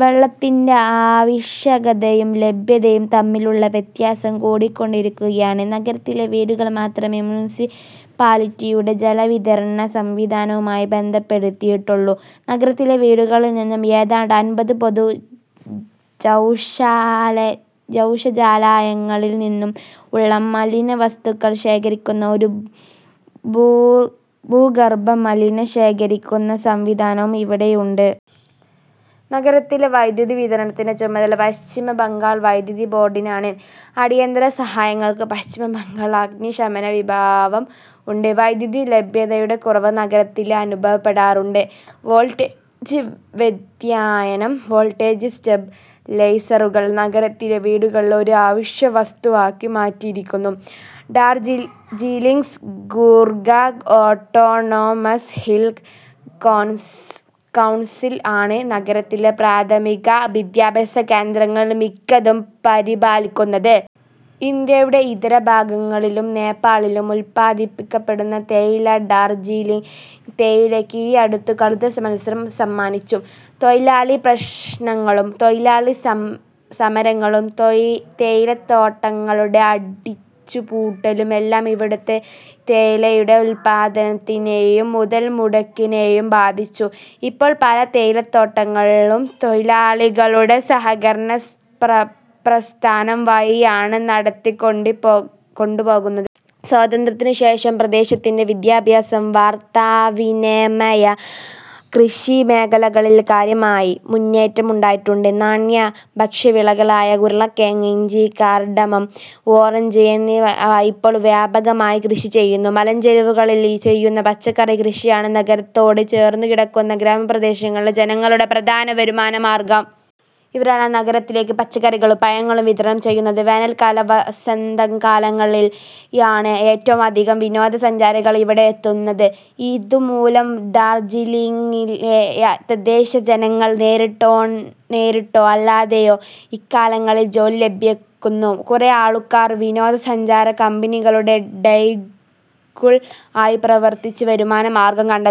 വെള്ളത്തിന്റെ ആവശ്യകതയും ലഭ്യതയും തമ്മിലിലുള്ള വ്യത്യാസം കൂടികൊണ്ടിരിക്കുക ആണ്. നഗരത്തിലെ വീടുകൾ മാത്രമേ മുൻസിപ്പാലിറ്റിയുടെ ജല വിതരണ സംവിധാനവുമായി ബന്ധപ്പെടുത്തിയിട്ടുള്ളൂ. നഗരത്തിലെ വീടകളിൽ നിന്നും ഏതാണ്ട് അൻപത് പൊതു ശൌചാലയങ്ങളിൽ നിന്നും ഉള്ള മലിന വസ്തുക്കൾ ശേഖരിക്കുന്ന ഒരു ഭൂഗർഭ മലിന ശേഖരണ സംവിധാനവും ഇവിടെ ഉണ്ട്. നഗരത്തിലെ വൈദ്യുതി വിതരണത്തിന്റെ ചുമതല പശ്ചിമ ബംഗാൾ വൈദ്യുതി ബോർഡിനാണ്. അടിയന്തര സഹായങ്ങൾക്ക് പശ്ചിമ ബംഗാൾ അഗ്നി ശമന വിഭാഗവും ഉണ്ട്. വൈദ്യുതി ലഭ്യതയുടെ കുറവ് നഗരത്തിൽ അനുഭവപ്പെടാറുണ്ട്. വോൾട്ടേജ് വ്യതിയാനം വോൾട്ടേജ് സ്റ്റെബ് ലൈസറുകളെ നഗരത്തിലെ വീടുകളിൽ ഒരു ആവശ്യ വസ്തുവാക്കി മാറ്റിയിരിക്കുന്നു. Darjeeling Gorkha autonomous hill council ആണ് നഗരത്തിലെ പ്രാഥമിക വിദ്യാഭ്യാസ കേന്ദ്രങ്ങൾ മിക്കതും പരിപാലിക്കുന്നത്. ഇന്ത്യയുടെ ഇതരഭാഗങ്ങളിലും നേപ്പാളിലും ഉല്പാദിപ്പിക്കപ്പെടുന്ന തേയില ഡാർജീലിംഗ് തേയിലയ്ക്ക് ഈ അടുത്ത് കടുത്ത മത്സരം സമ്മാനിച്ചു. തൊഴിലാളി പ്രശ്നങ്ങളും, തൊഴിലാളി സമരങ്ങളും, തേയിലത്തോട്ടങ്ങളുടെ അടച്ചുപൂട്ടലും എല്ലാം ഇവിടുത്തെ തേയിലയുടെ ഉത്പാദനത്തിനെയും മുതൽമുടക്കിനേയും ബാധിച്ചു. ഇപ്പോൾ പല തേയിലത്തോട്ടങ്ങളും തൊഴിലാളികളുടെ സഹകരണ പ്രസ്ഥാനം വഴി ആണ് നടത്തികൊണ്ടുപോകുന്നത്. സ്വാതന്ത്രത്തിനു ശേഷം പ്രദേശത്തിന്റെ വിദ്യാഭ്യാസ, വാർത്താവിനിമയ, കൃഷി മേഖലകളിൽ കാര്യമായ മുന്നേറ്റം ഉണ്ടായിട്ടുണ്ട്. നാണ്യ/ഭക്ഷ്യ വിളകളായ ഉരുളക്കിഴങ്ങ്, ഇഞ്ചി, കാർഡമം, ഓറഞ്ച് എന്നിവ ഇപ്പോൾ വ്യാപകമായി കൃഷി ചെയ്യുന്നു. മലഞ്ചെരിവുകളിൽ ചെയ്യുന്ന പച്ചക്കറി കൃഷി ആണ് നഗരത്തോട് ചേർന്ന് കിടക്കുന്ന ഗ്രാമപ്രദേശങ്ങളിലെ ജനങ്ങളുടെ പ്രധാന വരുമാന മാർഗ്ഗം. ഇവരാണ് നഗരത്തിലേക്ക് പച്ചക്കറികളും പഴങ്ങളും വിതരണം ചെയ്യുന്നത്. വേനൽക്കാല വസന്തകാലങ്ങളിൽ ആണ് ഏറ്റവും അധികം വിനോദ സഞ്ചാരികൾ ഇവിടെ എത്തുന്നത്. ഇതു മൂലം ഡാർജീലിംഗിലെ തദേശ്ശീയ ജനങ്ങൾ നേരിട്ടോ അല്ലാതെയോ ഇക്കാലങ്ങളിൽ ജോലി ലഭ്യമാകുന്നു. കുറേ ആൾക്കാർ വിനോദസഞ്ചാര കമ്പനികളുടെ ഗൈഡുകൾ ആയി പ്രവർത്തിച്ച് വരുമാന മാർഗ്ഗം കണ്ടെത്തുന്നു.